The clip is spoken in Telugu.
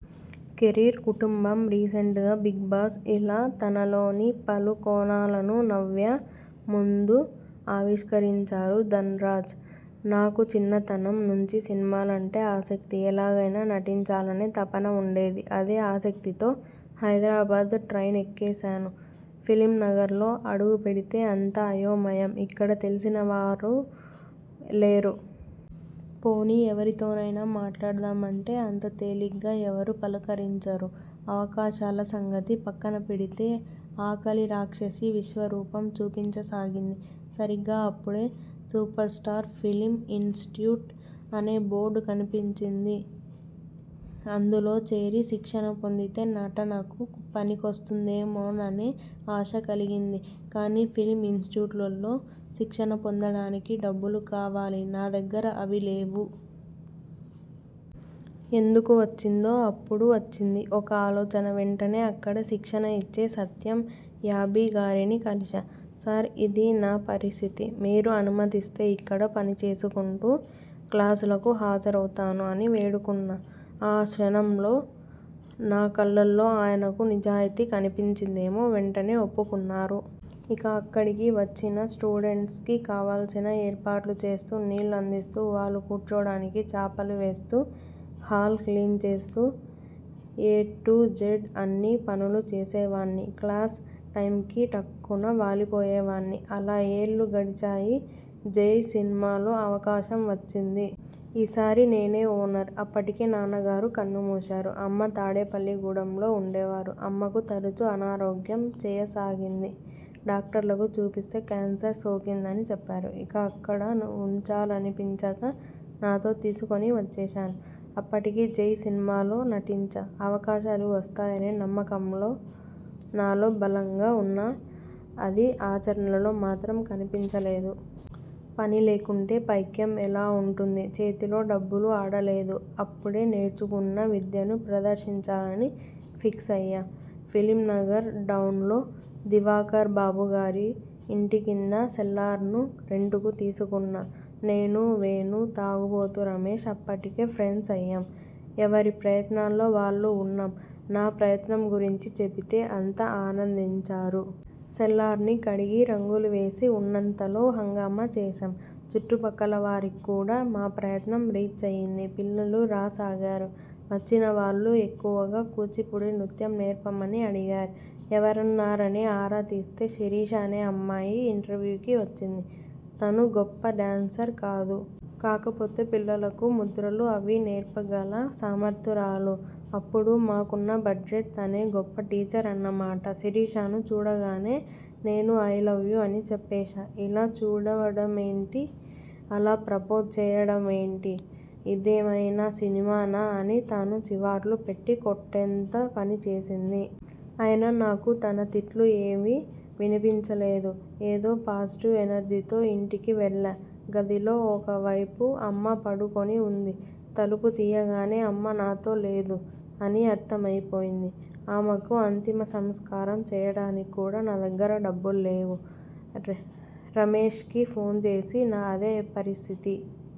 కెరీర్, కుటుంబం, రీసెంట్గా బిగ్బాస్ ఇలా తనలోని పలు కోణాలను 'నవ్య' ముందు ఆవిష్కరించారు ధన్రాజ్. ''నాకు చిన్నతనం నుంచి సినిమాలంటే ఆసక్తి. ఎలాగైనా నటించాలనే తపన ఉండేది. అదే ఆసక్తితో హైదరాబాద్ ట్రైన్ ఎక్కేశాను. ఫిల్మ్నగర్లో అడుగుపెడితే అంతా అయోమయం. ఇక్కడ తెలిసిన వారు లేరు. పోనీ ఎవరితోనైనా మాట్లాడదామ్ అంటే అంత తేలిగ్గా ఎవరూ పలకరించరు. అవకాశాల సంగతి పక్కనపెడితే, ఆకలిరాక్షసి విశ్వరూపం చూపించసాగింది. సరిగ్గా అప్పుడే 'సూపర్స్టార్ ఫిల్మ్ ఇన్స్టిట్యూట్' అనే బోర్డు కనిపించింది. అందులో చేరి శిక్షణ పొందితే నటనకు పనికొస్తుందేమోననీ ఆశ కలిగింది. కానీ ఫిల్మ్ ఇన్స్టిట్యూట్లలో శిక్షణ పొందడానికి డబ్బులు కావాలి నా దగ్గర అవి లేవు. ఎందుకు వచ్చిందో అప్పుడు వచ్చింది ఒక ఆలోచన వెంటనే అక్కడ శిక్షణ ఇచ్చే సత్యం యాబి గారిని కలిశా. 'సార్ ఇదీ నా పరిస్థితి. మీరు అనుమతిస్తే ఇక్కడ పనిచేసుకుంటూ, క్లాసులకు హాజరవుతాను' అని వేడుకున్నా. ఆ క్షణంలో నా కళ్లల్లో ఆయనకు నిజాయతీ కనిపించిందేమో, వెంటనే ఒప్పుకున్నారు. ఇక అక్కడికి వచ్చిన స్టూడెంట్స్కి కావాల్సిన ఏర్పాట్లు చేస్తూ, నీళ్ల అందిస్తూ, వాళ్లు కూర్చోవడానికి చాపలు వేస్తూ హాల్ క్లీన్ చేస్తూ ఎ టు జెడ్ అన్నీ పనులు చేసేవాన్ని. క్లాస్ టైమ్కి టక్కున వాలిపోయేవాన్ని. అలా ఏళ్లు గడిచాయి. 'జై' సినిమాలో అవకాశం వచ్చింది. ఈ సారి నేనే ఓనర్! అప్పటికే నాన్నగారు కన్నుమూశారు. అమ్మ తాడేపల్లిగూడెంలో ఉండేవారు. అమ్మకు తరచూ అనారోగ్యం చేయసాగింది. డాక్టర్లకు చూపిస్తే కేన్సర్ సోకిందని చెప్పారు. ఇక అక్కడ ఉంచాలనిపించక, నాతో తీసుకోని వచ్చేశాను. అప్పటికి 'జై' సినిమాలో నటించా. అవకాశాలు వస్తాయనే నమ్మకంలో నాలో బలంగా ఉన్నా, అది ఆచరణలో మాత్రం కనిపించలేదు. పనిలేకుంటే పైకం ఎలా ఉంటుంది? చేతిలో డబ్బులు ఆడలేదు. అప్పుడే నేర్చుకున్న విద్యను ప్రదర్శించాలని ఫిక్స్ అయ్యా. ఫిల్మ్నగర్ డౌన్లో దివాకర్బాబుగారి ఇంటి కింద సెల్లార్ను రెంట్కు తీసుకున్నా. నేను, వేణు, 'తాగుబోతు' రమేశ్ అప్పటికే ఫ్రెండ్స్ అయ్యాం. ఎవరి ప్రయత్నాల్లో వాళ్లు ఉన్నాం. నా ప్రయత్నం గురించి చెబితే అంతా ఆనందించారు. సెల్లార్ని కడిగి, రంగులు వేసి ఉన్నంతలో హంగామా చేశాం. చుట్టుపక్కలవారికి కూడా మా ప్రయత్నం రీచ్ అయింది. పిల్లలు రాసాగారు. వచ్చిన వాళ్లు ఎక్కువగా కూచిపూడి నృత్యం నేర్పమని అడిగారు. ఎవరున్నారని ఆరా తీస్తే శిరీష అనే అమ్మాయి ఇంటర్వ్యూకి వచ్చింది. తను గొప్ప డ్యాన్సర్ కాదు. కాకపోతే పిల్లలకు ముద్రలు అవీ నేర్పగల సమర్థురాలు. అప్పుడు మాకున్న బడ్జెట్ తనే గొప్ప టీచర్ అన్నమాట. శిరీషను చూడగానే నేను 'ఐలవ్యూ' అని చెప్పేశా. 'ఇలా చూడ్డమేంటి? అలా ప్రపోజ్ చేయడమేంటి? ఇదేమైనా సినిమానా? ' అని తను చీవాట్లు పెట్టి కొట్టేంత పనిచేసింది. అయినా నాకు తన తిట్లు ఏవీ వినిపించలేదు. ఏదో పాజిటివ్ ఎనర్జీతో ఇంటికి వెళ్లా. గదిలో ఒక వైపు అమ్మ పడుకొని ఉంది. తలుపు తీయగానే 'అమ్మ నాతో లేదు' అని అర్థమైపోయింది. ఆమెకు అంతిమసంస్కారం చేయడానికి కూడా నా దగ్గర డబ్బులు లేవు. రమేశ్కి ఫోన్ చేసి నాదే పరిస్థితి.